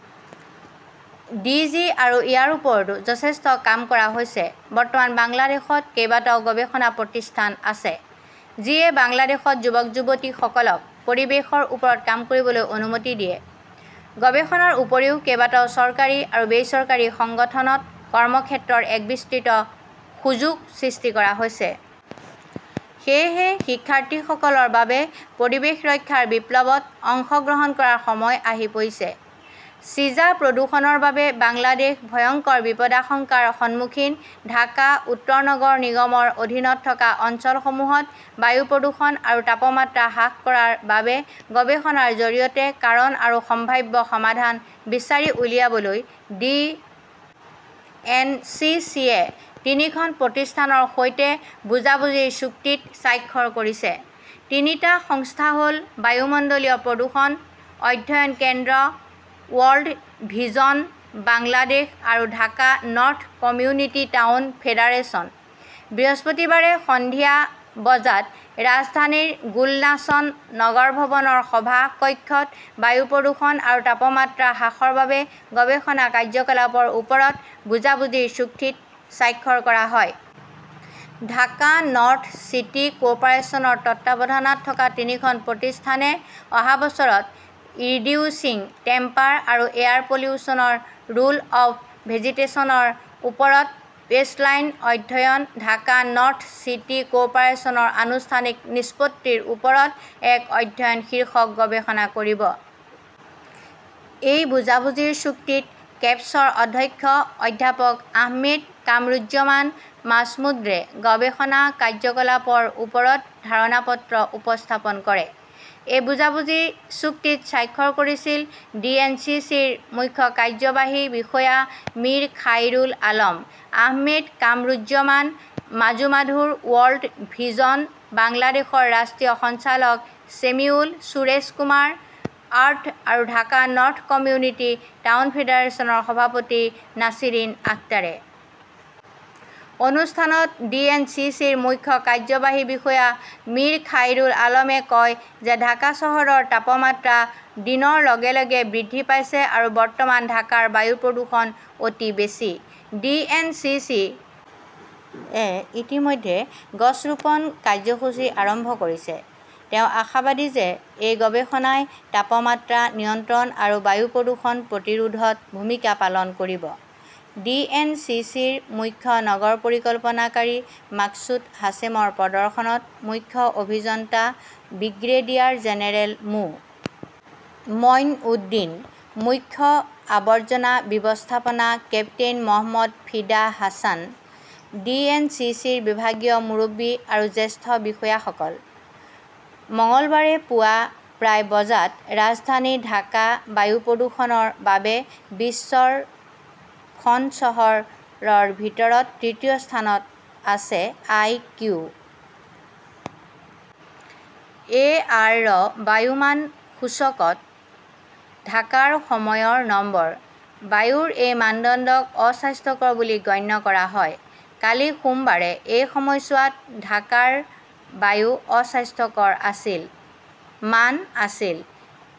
D. G. আৰু ইয়াৰ ওপৰতো যথেষ্ট কাম কৰা হৈছে। বৰ্তমান বাংলাদেশত কেইবাটাও গৱেষণা প্ৰতিষ্ঠান আছে, যিয়ে বাংলাদেশত যুৱক-যুৱতীসকলক পৰিৱেশৰ ওপৰত কাম কৰিবলৈ অনুমতি দিয়ে। গৱেষণাৰ উপৰিও, কেইবাটাও চৰকাৰী আৰু বেচৰকাৰী সংগঠনত কৰ্মক্ষেত্ৰৰ এক বিস্তৃত সুযোগ সৃষ্টি কৰা হৈছে। সেয়েহে শিক্ষাৰ্থীসকলৰ বাবে পৰিৱেশ ৰক্ষাৰ বিপ্লৱত অংশগ্ৰহণ কৰাৰ সময় আহি পৰিছে। ছিজা প্ৰদূষণৰ বাবে বাংলাদেশ ভয়ংকৰ বিপদাশংকাৰ সন্মুখীন ঢাকা উত্তৰ নগৰ নিগমৰ অধীনত থকা অঞ্চলসমূহত বায়ু প্ৰদূষণ আৰু তাপমাত্ৰা হ্ৰাস কৰাৰ বাবে গৱেষণাৰ জৰিয়তে কাৰণ আৰু সম্ভাৱ্য সমাধান বিচাৰি উলিয়াবলৈ ডি. এন. চি. চি. -য়ে তিনিখন প্ৰতিষ্ঠানৰ সৈতে বুজাবুজিৰ চুক্তিত স্বাক্ষৰ কৰিছে। তিনিটা সংস্থা হ ‘ল বায়ুমণ্ডলীয় প্ৰদূষণ অধ্যয়ন কেন্দ্ৰ, ৱৰ্ল্ড ভিজন বাংলাদেশ আৰু Dhaka north community town federation. বৃহস্পতিবাৰে সন্ধিয়া বজাত ৰাজধানীৰ গুলশান- নগৰ ভৱনৰ সভা কক্ষত বায়ু প্ৰদূষণ আৰু তাপমাত্ৰা হ্ৰাসৰ বাবে গৱেষণা কাৰ্যকলাপৰ ওপৰত বুজাবুজিৰ চুক্তিত স্বাক্ষৰ কৰা হয়। ঢাকা নৰ্থ চিটি কৰ্পোৰেচনৰ তত্বাৱধানত থকা তিনিখন প্ৰতিষ্ঠানে অহা বছৰত 'ৰিডিউচিং টেম্পাৰ আৰু এয়াৰ পলিউশ্যনৰ ৰোল অৱ ভেজিটেশ্যনৰ ওপৰত বেচলাইন অধ্যয়নঃ ঢাকা নৰ্থ চিটি কৰ্পোৰেচনৰ অনানুষ্ঠানিক নিষ্পত্তিৰ ওপৰত এক অধ্যয়ন "শীৰ্ষক গৱেষণা কৰিব। এই বুজাবুজিৰ চুক্তিত কেপছৰ অধ্যক্ষ অধ্যাপক আহমেদ কামৰুজ্জমান মাজমুদ্ৰে গৱেষণা কাৰ্যকলাপৰ ওপৰত ধাৰণা পত্ৰ উপস্থাপন কৰে। এই বুজাবুজি চুক্তিত স্বাক্ষৰ কৰিছিল ডিএনচিচিৰ মুখ্য কাৰ্যবাহী বিষয়া মিৰ খাইৰুল আলম, আহমেদ কামৰুজ্জমান মাজুমাধুৰ, ৱৰ্ল্ড ভিজন বাংলাদেশৰ ৰাষ্ট্ৰীয় সঞ্চালক ছেমিউল সুৰেশ কুমাৰ বাৰ্ট আৰু ঢাকা নৰ্থ কমিউনিটি টাউন ফেডাৰেচনৰ সভাপতি নাছিৰিন আখতাৰে। অনুষ্ঠানত ডি. এন. চি. চি. -ৰ মুখ্য কাৰ্যবাহী বিষয়া মীৰ খাইৰুল আলমে কয় যে ঢাকা চহৰৰ তাপমাত্ৰা দিনৰ লগে লগে বৃদ্ধি পাইছে আৰু বৰ্তমান ঢাকাৰ বায়ু প্ৰদূষণ অতি বেছি। ডি. এন. চি. চি. -য়ে ইতিমধ্যে গছ ৰোপণ কাৰ্যসূচী আৰম্ভ কৰিছে। তেওঁ আশাবাদী যে এই গৱেষণাই তাপমাত্ৰা নিয়ন্ত্ৰণ আৰু বায়ু প্ৰদূষণ প্ৰতিৰোধত ভূমিকা পালন কৰিব। ডি. এন. চি. চি. -ৰ মুখ্য নগৰ পৰিকল্পনাকাৰী মাক্সুদ হাছেমৰ প্ৰদৰ্শনত মুখ্য অভিযন্তা ব্ৰিগেডিয়াৰ জেনেৰেল মো. মঈন উদ্দিন, মুখ্য আৱৰ্জনা ব্যৱস্থাপনা কেপ্টেইন মহম্মদ ফিদা হাছান, ডিএনচিচিৰ বিভাগীয় মুৰব্বী আৰু জ্যেষ্ঠ বিষয়াসকল। মঙলবাৰে পুৱা প্ৰায় বজাত ৰাজধানী ঢাকা বায়ু প্ৰদূষণৰ বাবে বিশ্বৰ খন চহৰৰ ভিতৰত তৃতীয় স্থানত আছে। আই. কিউ. এ. আৰ.ৰ বায়ু মান সূচকত ঢাকাৰ সময়ৰ নম্বৰ। বায়ুৰ এই মানদণ্ডক 'অস্বাস্থ্যকৰ "বুলি গণ্য কৰা হয়। কালি সোমবাৰে এই সময়ছোৱাত ঢাকাৰ বায়ু অস্বাস্থ্যকৰ আছিল। মান আছিল।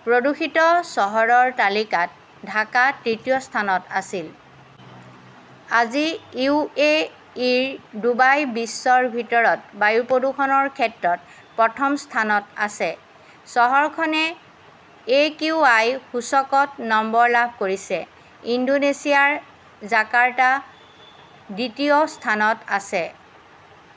প্ৰদূষিত চহৰৰ তালিকাত ঢাকা তৃতীয় স্থানত আছিল। আজি ইউ. এ. ইৰ ডুবাই বিশ্বৰ ভিতৰত বায়ু প্ৰদূষণৰ ক্ষেত্ৰত প্ৰথম স্থানত আছে। চহৰখনে একিউআই সূচকত নম্বৰ লাভ কৰিছে। ইণ্ডোনেছিয়াৰ জাকাৰ্টা দ্বিতীয় স্থানত আছে।